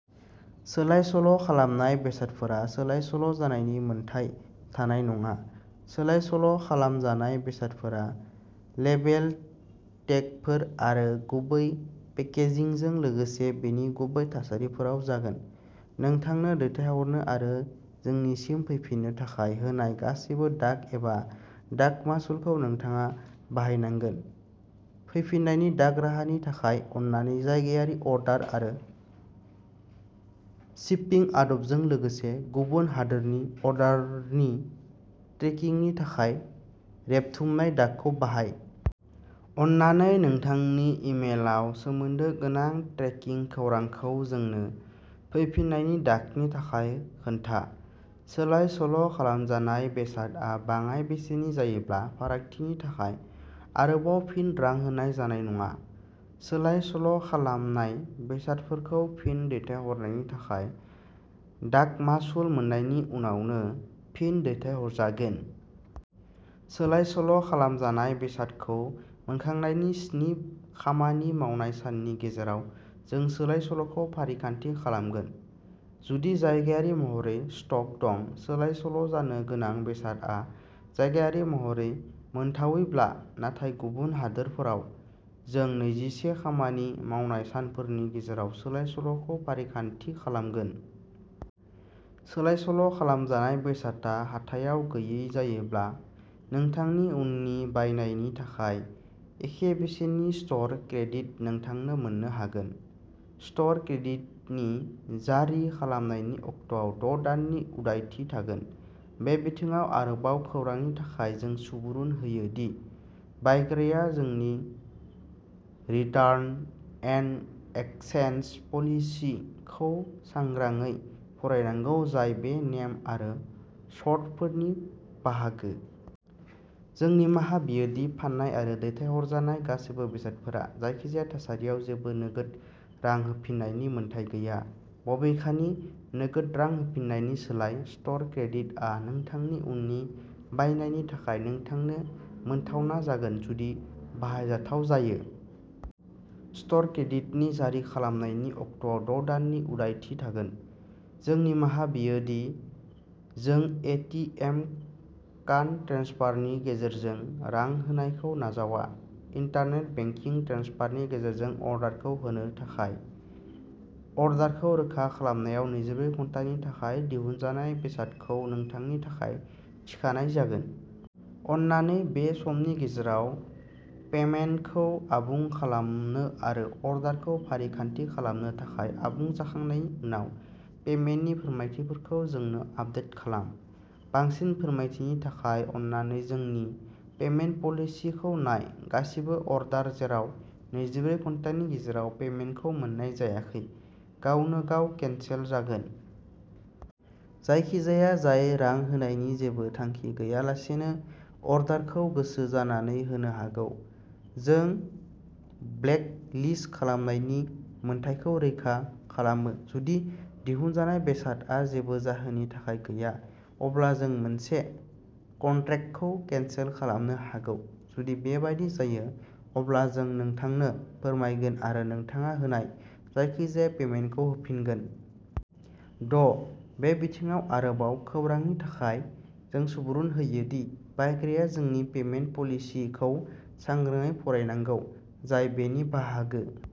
सोलाय-सोल'खालामनाय बेसादफोरा सोलाय-सोल'जानायनि मोनथाय थानाय नङा। सोलाय-सोल'खालामजानाय बेसादफोरा लेबेल/टेगफोर आरो गुबै पेकेजिंजों लोगोसे बेनि गुबै थासारिफोराव जागोन। नोंथांनो दैथायहरनो आरो जोंनिसिम फैफिननो थाखाय होनाय गासैबो डाक एबा डाक मासुलखौ नोंथाङा बाहायनांगोन। फैफिन्नायनि डाक राहानि थाखाय, अन्नानै जायगायारि अर्डार आरो शिपिं आदबजों लोगोसे गुबुन हादोरनि अर्डारनि ट्रेकिंनि थाखाय रेबथुमनाय डाकखौ बाहाय। अन्नानै नोंथांनि इमेलआव सोमोन्दो गोनां ट्रेकिं खौरांखौ जोंनो फैफिन्नायनि डाकनि थाखाय खोन्था। सोलाय-सोल'खालामजानाय बेसादआ बाङाय बेसेननि जायोब्ला, फारागथिनि थाखाय आरोबाव फिन-रां होनाय जानाय नङा। सोलाय-सोल'खालामनाय बेसादफोरखौ फिन-दैथायहरनायनि थाखाय डाक मासुल मोन्नायनि उनावनो फिन-दैथायहरजागोन। सोलाय-सोल'खालामजानाय बेसादखौ मोनखांनायनि स्नि खामानि मावनाय साननि गेजेराव जों सोलाय-सोल'खौ फारिखान्थि खालामगोन जुदि जायगायारि महरै स्टक दं। सोलाय-सोल'जानो गोनां बेसादआ जायगायारि महरै मोनथावैब्ला। नाथाय गुबुन हादोरफोराव, जों नैजिसे खामानि मावनाय सानफोरनि गेजेराव सोलाय-सोल'खौ फारिखान्थि खालामगोन। सोलाय-सोल'खालामजानाय बेसादआ हाथाइआव गैयै जायोब्ला, नोंथांनि उननि बायनायनि थाखाय एखे बेसेननि स्ट'र क्रेडिट नोंथांनो मोन्नो हागोन। स्ट'र क्रेडिटनि जारि खालामनायनि अक्ट'आव द' दाननि उदायथि थागोन। बे बिथिङाव आरोबाव खौरांनि थाखाय, जों सुबुरुन होयो दि बायग्राया जोंनि "रिटार्न एन्ड एक्सचेन्ज पलिसि" खौ सांग्राङै फरायनांगौ, जाय बे नेम आरो सर्तफोरनि बाहागो। जों निमाहा बियो दि फान्नाय आरो दैथायहरजानाय गासैबो बेसादफोरा जायखिजाया थासारियाव जेबो नोगोद रां होफिन्नायनि मोनथाय गैया। बबेखानि, नोगोद रां होफिन्नायनि सोलाय, स्ट'र क्रेडिटआ नोंथांनि उननि बायनायनि थाखाय नोंथांनो मोनथावना जागोन जुदि बाहायजाथाव जायो। स्ट'र क्रेडिटनि जारि खालामनायनि अक्ट'आव द' दाननि उरायथि थागोन। जों निमाहा बियो दि जों ए. टि. एम. कान्ड ट्रेन्सफारनि गेजेरजों रां होनायखौ नाजावा। इन्टारनेट बेंकिं ट्रेन्सफारनि गेजेरजों अर्डारखौ होनो थाखाय, अर्डारखौ रोखा खालामनायाव नैजिब्रै घन्टानि थाखाय दिहुनजानाय बेसादखौ नोंथांनि थाखाय थिखानाय जागोन। अन्नानै बे समनि गेजेराव पेमेन्टखौ आबुं खालामनो आरो अर्डारखौ फारिखान्थि खालामनो थाखाय आबुं जाखांनायनि उनाव पेमेन्टनि फोरमायथिफोरखौ जोंनो आपडेट खालाम। बांसिन फोरमायथिनि थाखाय, अन्नानै जोंनि "पेमेन्ट पलिसि" खौ नाय। गासिबो अर्डार जेराव नैजिब्रै घन्टानि गेजेराव पेमेन्टखौ मोन्नाय जायाखै, गावनो गाव केन्सेल जागोन। जायखिजाया जाय रां होनायनि जेबो थांखि गैयालासेनो अर्डारखौ गोसो जानानै होनो हागौ, जों ब्लेकलिस्ट खालामनायनि मोन्थाइखौ रैखा खालामो। जुदि दिहुनजानाय बेसादआ जेबो जाहोननि थाखाय गैया, अब्ला जों मोनसे कन्ट्रेक्टखौ केन्सेल खालामनो हागौ। जुदि बेबादि जायो, अब्ला जों नोंथांनो फोरमायगोन आरो नोंथाङा होनाय जायखिजाया पेमेन्टखौ होफिनगोन। द' बे बिथिङाव आरोबाव खौरांनि थाखाय, जों सुबुरुन होयो दि बायग्राया जोंनि "पेमेन्ट पलिसि" खौ सांग्राङै फरायनांगौ, जाय बेनि बाहागो।